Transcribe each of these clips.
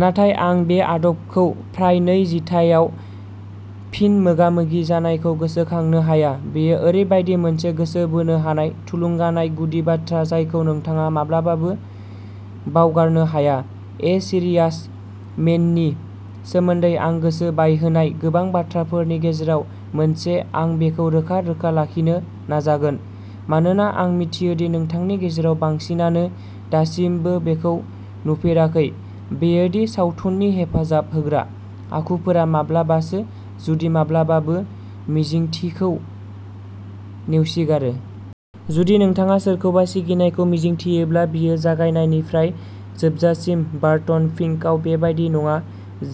नाथाय आं बे आदबखौ फ्राय नै जिथाइआव फिन मोगा-मोगि जानायखौ गोसोखांनो हाया। बेयो ओरैबायदि मोनसे गोसो बोनो हानाय, थुलुंगानाय गुदि बाथ्रा जायखौ नोंथाङा माब्लाबाबो बावगारनो हाया। ए सीरियास मेननि सोमोन्दै आं गोसो बायहोनाय गोबां बाथ्राफोरनि गेजेराव मोनसे-आं बेखौ रोखा-रोखा लाखिनो नाजागोन, मानोना आं मिथियो दि नोंथांनि गेजेराव बांसिनानो दासिमबो बेखौ नुफेराखै-बेयो दि सावथुननि हेफाजाब होग्रा आखुफोरा माब्लाबासो, जुदि माब्लाबाबो, मिजिंथिखौ नेवसिगारो। जुदि नोंथाङा सोरखौबा सिगिनायखौ मिजिंथियोब्ला, बियो जागायनायनिफ्राय जोबजासिम। बार्टन फिंकआव बेबादि नङा,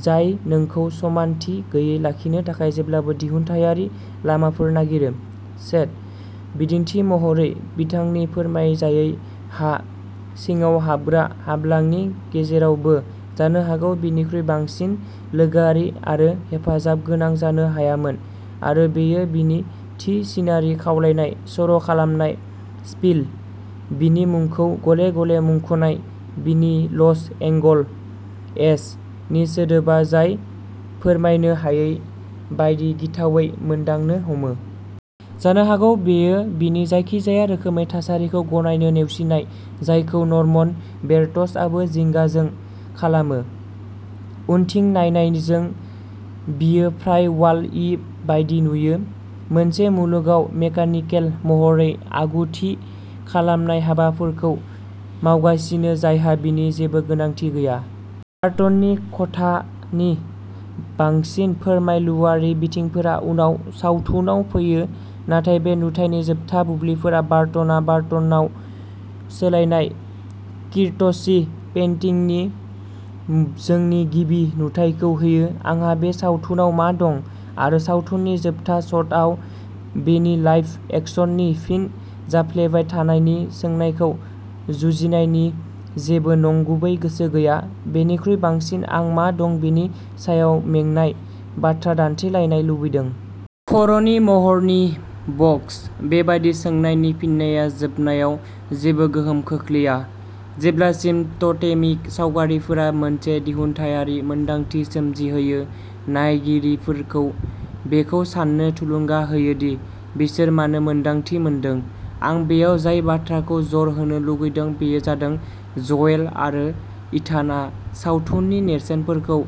जाय नोंखौ समानथि गैयै लाखिनो थाखाय जेब्लाबो दिहुनथायारि लामाफोर नागिरो। चेट!, बिदिन्थि महरै, बिथांनि फोरमायजायै हा सिङाव हाबग्रा हाब्लांनि गेजेरावबो, जानो हागौ बिनिख्रुइ बांसिन लोगोआरि आरो हेफाजाबगोनां जानो हायामोन, आरो बेयो बिनि थि सिनारि खावलायनाय-सर'खालामनाय स्पिल, बिनि मुंखौ गले-गले मुंख'नाय, बिनि "लस एंगल-एस" नि सोदोबा-जाय फोरमायनो हायै बायदि गिथावै मोनदांनो हमो। जानो हागौ बेयो बिनि जायखिजाया रोखोमै थासारिखौ गनायनो नेवसिनाय, जायखौ नर्मन बेट्सआबो जिंगाजों खालामो। उनथिं नायनायजों, बियो फ्राय वाल-इ बायदि नुयो, मोनसे मुलुगाव मेकानिकेल महरै आगु-थि खालामनाय हाबाफोरखौ मावगासिनो जायहा बिनि जेबो गोनांथि गैया। बार्टननि खथानि बांसिन फोरमायलुआरि बिथिंफोरा उनाव सावथुनाव फैयो, नाथाय बे नुथायनि जोबथा बुब्लिफोरा बार्टनआ बार्टनाव सोलायनाय किट्ची पेन्टिंनि जोंनि गिबि नुथायखौ होयो। आंहा बे सावथुनाव मा दं, आरो सावथुननि जोबथा शटआव बेनि लाइभ-एक्शननि फिन जाफ्लेबाय थानायनि सोंनायखौ जुजिनायनि जेबो नंगुबै गोसो गैया, बेनिख्रुइ बांसिन आं मा दं बेनि सायाव मेंनाय बाथ्रा दान्थेलायनाय लुबैदों। खर'नि महरनि बक्स। बेबादि सोंनायनि फिननाया जोबनायाव जेबो गोहोम खोख्लैया, जेब्लासिम टटेमिक सावगारिफोरा मोनसे दिहुनथायारि मोनदांथि सोमजिहोयो, नायगिरिफोरखौ बेखौ साननो थुलुंगा होयो दि बिसोर मानो मोन्दांथि मोनदों। आं बेयाव जाय बाथ्राखौ जर होनो लुगैदों बेयो जादों ज'येल आरो इथानआ सावथुननि नेरसोनफोरखौ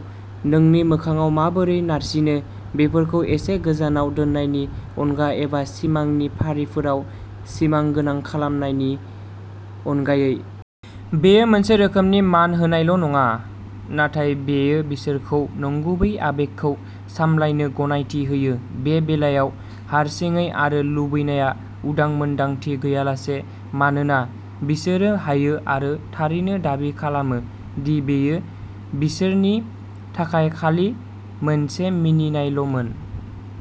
नोंनि मोखांआव माबोरै नारसिनो, बेफोरखौ एसे गोजानाव दोननायनि अनगा एबा सिमांनि फारिफोराव सिमागोनां खालामनायनि अनगायै। बेयो मोनसे रोखोमनि मान होनायल'नङा, नाथाय बेयो बिसोरखौ नंगुबै आबेगखौ सामलायनो गनायथि होयो-बे बेलायाव, हारसिङै आरो लुबैनाया-उदां मोनदांथि गैयालासे, मानोना बिसोरो हायो आरो थारैनो दाबि खालामो दि बेयो बिसोरनि थाखाय खालि मोनसे मिनिनायल'मोन।